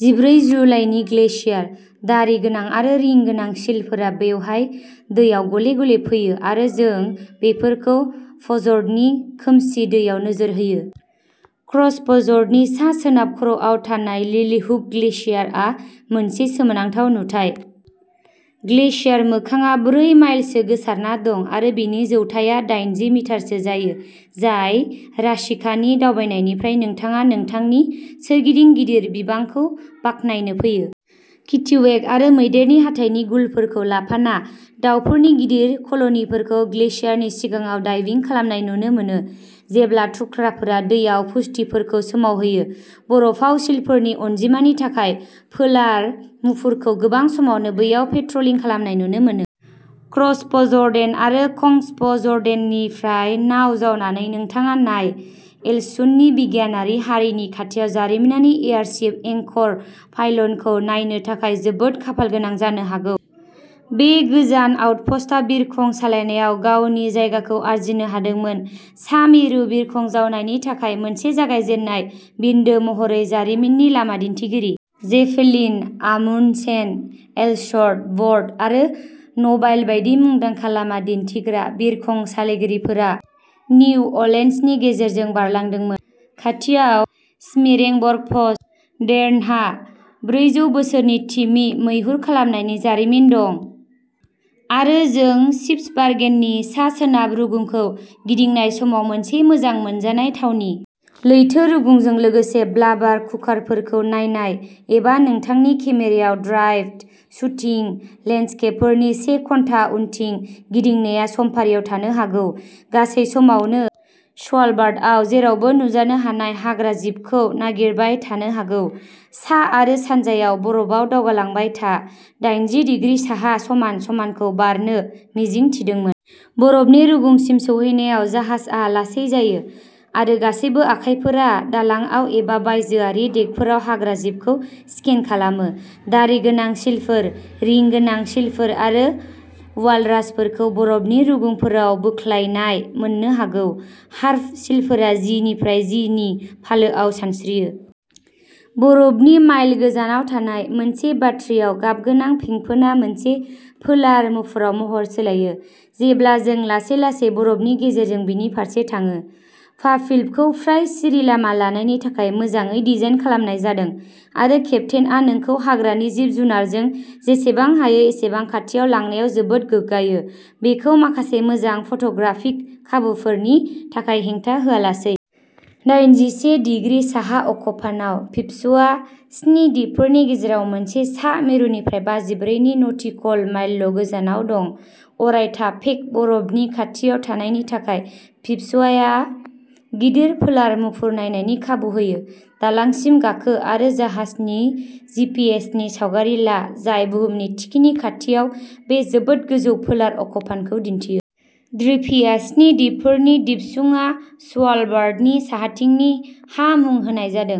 जिब्रै जुलाइनि ग्लेसियार। दारि गोनां आरो रिं गोनां सिलफोरा बेवहाय दैआव गले-गले फैयो आरो जों बेफोरखौ फ'जर्डनि खोमसि दैयाव नोजोर होयो। क्र'सफ'जर्डननि सा-सोनाब खर'आव थानाय लिलिहुक ग्लेसियारआ मोनसे सोमोनांथाव नुथाय। ग्लेसियार मोखांआ ब्रै माइलसो गोसारना दं आरो बेनि जौथाइया दाइनजि मिटारसो जायो जाय राशिकानि दावबायनायनिफ्राय नोंथाङा नोंथांनि सोरगिदिंनि गिदिर बिबांखौ बाखनायनो फैयो। किटिवेक आरो मैदेर हाथाइनि गुलफोरखौ लाफाना दावफोरनि गिदिर कल'निफोरखौ ग्लेसियारनि सिगाङाव डाइभिं खालामनाय नुनो मोनो, जेब्ला थुख्राफोरा दैआव पुष्टिफोरखौ सोमावहोयो। बरफाव सिलफोरनि अनजिमानि थाखाय पोलार मुफुरखौ गोबां समावनो बेयाव पेट्रलिं खालामनाय नुनो मोनो। क्र'सफ'जर्डेन आरो कंस्फ'जर्डेननिफ्राय नाव जावनानै, नोंथाङा नाय एलसुन्डनि बिगियानारि हारिनि खाथियाव जारिमिनारि एयारशिप एंकर पाइल'नखौ नायनो थाखाय जोबोद खाफालगोनां जानो हागौ। बे गोजान आउटप'स्टआ बिरखं सालायनायाव गावनि जायगाखौ आरजिनो हादोंमोन। सा-मेरु बिरखं जावनायनि थाखाय मोनसे जागायजेननाय बिन्दो महरै जारिमिननि लामा दिन्थिगिरि। जेपेलिन, आमुन्डसेन, एल्सवर्थ, बर्ड आरो न'बाइल बायदि मुंदांखा लामा दिन्थिग्रा बिरखं सालायगिरिफोरा निउ अलेसुन्डनि गेजेरजों बारलांदोंमोन। खाथियाव, स्मीरेंबर्गफज'र्डेनहा ब्रैजौ बोसोरनि तिमि मैहुर खालामनायनि जारिमिन दं आरो जों स्पिट्सबार्गेननि सा-सोनाब रुगुंखौ गिदिंनाय समाव मोनसे मोजां मोनजानाय थावनि। लैथो रुगुंजों लोगोसे ब्लाबार कुकारफोरखौ नायनाय, एबा नोंथांनि केमेरायाव ट्राइपड शुटिं लेन्डस्केपफोरनि से घन्टा उनथिं गिदिंनाया समफारियाव थानो हागौ, गासै समावनो स्वालबार्डआव जेरावबो नुजानो हानाय हाग्राजिबखौ नागिरबाय थानो हागौ। सा आरो सानजायाव बरफआव दावगालांबाय था, दाइनजि डिग्रि साहा समान समानखौ बारनो मिजिं थिदोंमोन। बरफनि रुगुंसिम सौहैनायाव जाहाजआ लासै जायो आरो गासैबो आखाइफोरा दालांआव एबा बायजोआरि देकफोराव हाग्राजिबखौ स्केन खालामो। दारि गोनां सिलफोर, रिं गोनां सिलफोर आरो वालरासफोरखौ बरफनि रुगुंफोराव बोख्लायनाय मोननो हागौ। हार्प सिलफोरा जि निफ्राय जि नि फालोआव सानस्रियो। बरफनि माइल गोजानाव थानाय मोनसे बाटरियाव गाबगोनां फेंफोना मोनसे पोलार मुफुराव महर सोलायो, जेब्ला जों लासै-लासै बरफनि गेजेरजों बेनि फारसे थाङो। भाभिलभखौ फ्राय सिरि लामा लानायनि थाखाय मोजाङै डिजाइन खालामनाय जादों आरो केप्तेनआ नोंखौ हाग्रानि जिब-जुनारजों जेसेबां हायो एसेबां खाथियाव लांनायाव जोबोद गोग्गायो, बेखौ माखासे मोजां फट'ग्राफिक खाबुफोरनि थाखाय हेंथा होआलासै। दाइनजिसे डिग्री साहा अक्षफानाव, फिप्स'या-स्नि दिपफोरनि गेजेराव मोनसे सा मेरुनिफ्राय बाजौब्रैजि नटिकल माइलल'गोजानाव दं। अरायथा पेक बरफनि खाथियाव थानायनि थाखाय, फिप्स'याया गिदिर पोलार मुफुर नायनायनि खाबु होयो। दालांसिम गाखो आरो जाहाजनि जिपिएस नि सावगारि ला, जाय बुहुमनि थिखिनि खाथियाव बे जोबोद गोजौ पोलार अक्षफानखौ दिन्थियो। ट्रिभिया स्नि दिपफोरनि दिपसुङा स्वालबार्डनि साहाथिंनि हा मुं होनाय जादों।